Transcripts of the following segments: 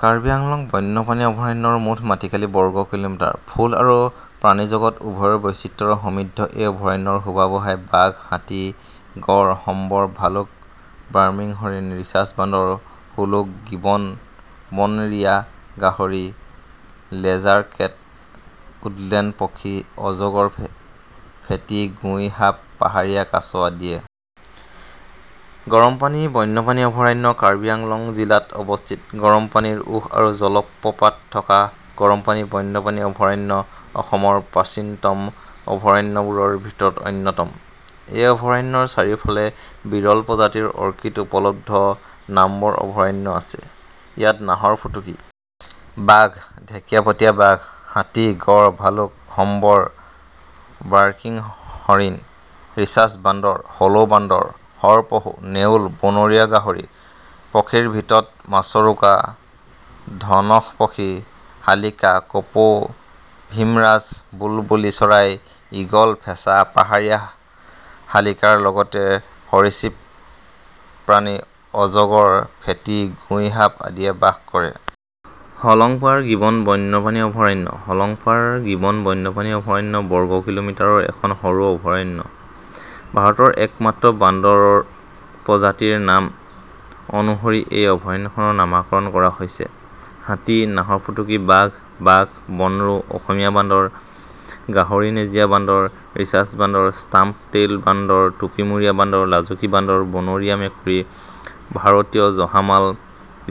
কাৰ্বি আংলং বন্যপ্ৰানী অভয়াৰণ্যৰ মুঠ মাটিকালি বৰ্গকিলোমিটাৰ। ফুল আৰু প্ৰানীজগত উভয়ৰ বৈচিত্ৰ্যৰে সমৃদ্ধ এই অভয়াৰণ্যৰ শোভা বঢ়ায় বাঘ, হাতী, গড়, সম্বৰ, ভালুক, বাৰ্কিং হৰিণ, ৰিচাচ বান্দৰ, হুলুক গিবন, বনৰীয়া গাহৰী, লেজাৰ কেট, উডলেণ্ড পক্ষী, অজগৰ, ফেঁটী, গুই সাপ, পাহাৰীয়া কাছ আদিয়ে। গৰমপানী বন্যপ্ৰাণী অভয়াৰণ্য কাৰ্বি আংলঙ জিলাত অৱস্থিত গৰম পানীৰ উঁহ আৰু জলপ্ৰপাত থকা গৰমপানী বন্যপ্ৰানী অভয়াৰণ্য অসমৰ প্ৰাচীনতম অভয়াৰণ্যবোৰৰ ভিতৰত অন্যতম। এই অভয়াৰণ্যৰ চাৰিওফালে বিৰল প্ৰজাতিৰ অৰ্কিড উপলব্ধ নামবৰ অভয়াৰণ্য আছে। ইয়াত নাহৰফুটুকী বাঘ, ঢেঁকীয়াপতীয়া বাঘ, হাতী, গঁড়, ভালুক, সম্বৰ, বাৰ্কিং হৰিণ, ৰিচাচ বান্দৰ, হলৌ বান্দৰ, শৰ পহু, নেউল, বনৰীয়া গাহৰী, পক্ষীৰ ভিতৰত মাছৰোকা, ধনেশ পক্ষী, শালিকা, কপৌ, ভিমৰাজ, বুলবুলী চৰাই, ঈগল, ফেঁচা, পাহাৰীয়া শালিকাৰ লগতে সৰিসৃপ প্ৰাণী অজগৰ, ফেঁটী, গুই সাপ আদিয়ে বাস কৰে। হলংপাৰ গিবন বন্যপ্ৰাণী অভয়াৰণ্য হলংপাৰ গিবন বন্যপ্ৰাণী অভয়াৰণ্য বৰ্গকিলোমিটাৰৰ এখন সৰু অভয়াৰণ্য। ভাৰতৰ একমাত্ৰ বান্দৰ প্ৰজাতিৰ নাম অনুসৰি এই অভয়াৰণ্যখনৰ নামকৰণ কৰা হৈছে। হাতী, নাহৰ ফুটুকী বাঘ, বাঘ, বনৰৌ, অসমীয়া বান্দৰ, গাহৰী নেজীয়া বান্দৰ, ৰিচাচ বান্দৰ, ষ্টাম্প টেইল বান্দৰ, টুপী মূৰীয়া বান্দৰ, লাজুকী বান্দৰ, বনৰীয়া মেকুৰী, ভাৰতীয় জহামাল,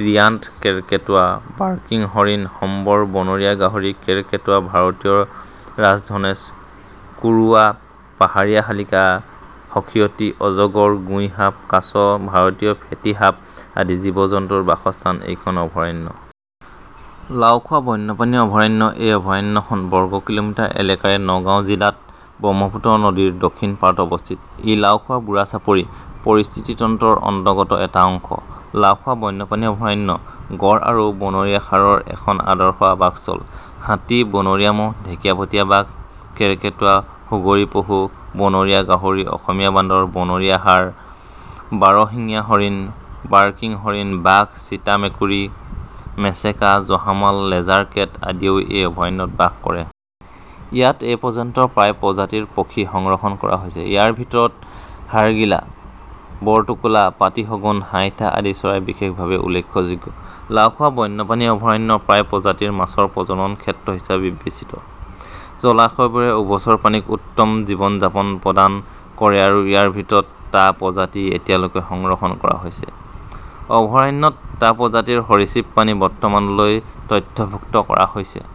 জিয়ান্ট কেৰ্কেটুৱা, বাৰ্কিং হৰিণ, সম্বৰ, বনৰীয়া গাহৰী, কেৰ্কেটুৱা, ভাৰতীয় ৰাজধণেশ, কুৰুৱা, পাহাৰীয়া শালিকা, সখীয়তী, অজগৰ, গুই সাপ, কাছ, ভাৰতীয় ফেঁটী সাপ আদি জীৱ-জন্তুৰ বাসস্থান এইখন অভয়াৰণ্য। লাওখোৱা বন্যপ্ৰাণী অভয়াৰণ্য এই অভয়াৰণ্যখন বৰ্গ কিলোমিটাৰ এলেকাৰে নগাওঁ জিলাত ব্ৰহ্মপুত্ৰ নদীৰ দক্ষিণ পাৰত অৱস্থিত। ই লাওঁখোৱা-বুঢ়াচাপৰি পৰিস্থিতি তন্ত্ৰৰ অন্তৰ্গত এটা অংশ। লাওঁখোৱা বন্যপ্ৰানী অভয়াৰণ্য গড় আৰু বনৰীয়া ষাঁড়ৰ এখন আদৰ্শ আৱাসস্থল। হাতী, বনৰীয়া ম'হ, ঢেঁকীয়াপতীয়া বাঘ, কেৰ্কেটুৱা, সুগৰি পহু, বনৰীয়া গাহৰি, অসমীয়া বান্দৰ, বনৰীয়া ষাঁড়, বাৰ শিঙীয়া হৰিণ, বাৰ্কিং হৰিণ, বাঘ, চিতা মেকুৰী, মেচেকা, জহামাল, লেজাৰ কেট, আদিয়েও এই অভয়াৰণ্যত বাস কৰে। ইয়াত এই পৰ্যন্ত প্ৰায় প্ৰজাতিৰ পক্ষী সংৰক্ষণ কৰা হৈছে। ইয়াৰ ভিতৰত হাড়গিলা, বৰটোকোলা, পাটি শগুণ, হাইঠা আদি চৰাই বিশেষভাৱে উল্লেখযোগ্য। লাওঁখোৱা বন্যপ্ৰানী অভয়াৰণ্য প্ৰায় প্ৰজাতিৰ মাছৰ প্ৰজনন ক্ষেত্ৰ হিচাপে বিবেচিত। জলাশয়বোৰে উভচৰ প্ৰানীক উত্তম জীৱন যাপন প্ৰদান কৰে আৰু ইয়াৰ ভিতৰত টা প্ৰজাতি এতিয়ালৈ সংৰক্ষণ কৰা হৈছে। অভয়াৰণ্যত টা প্ৰজাতিৰ সৰীসৃপ প্ৰাণী বৰ্তমানলৈ তথ্যভূক্ত কৰা হৈছে।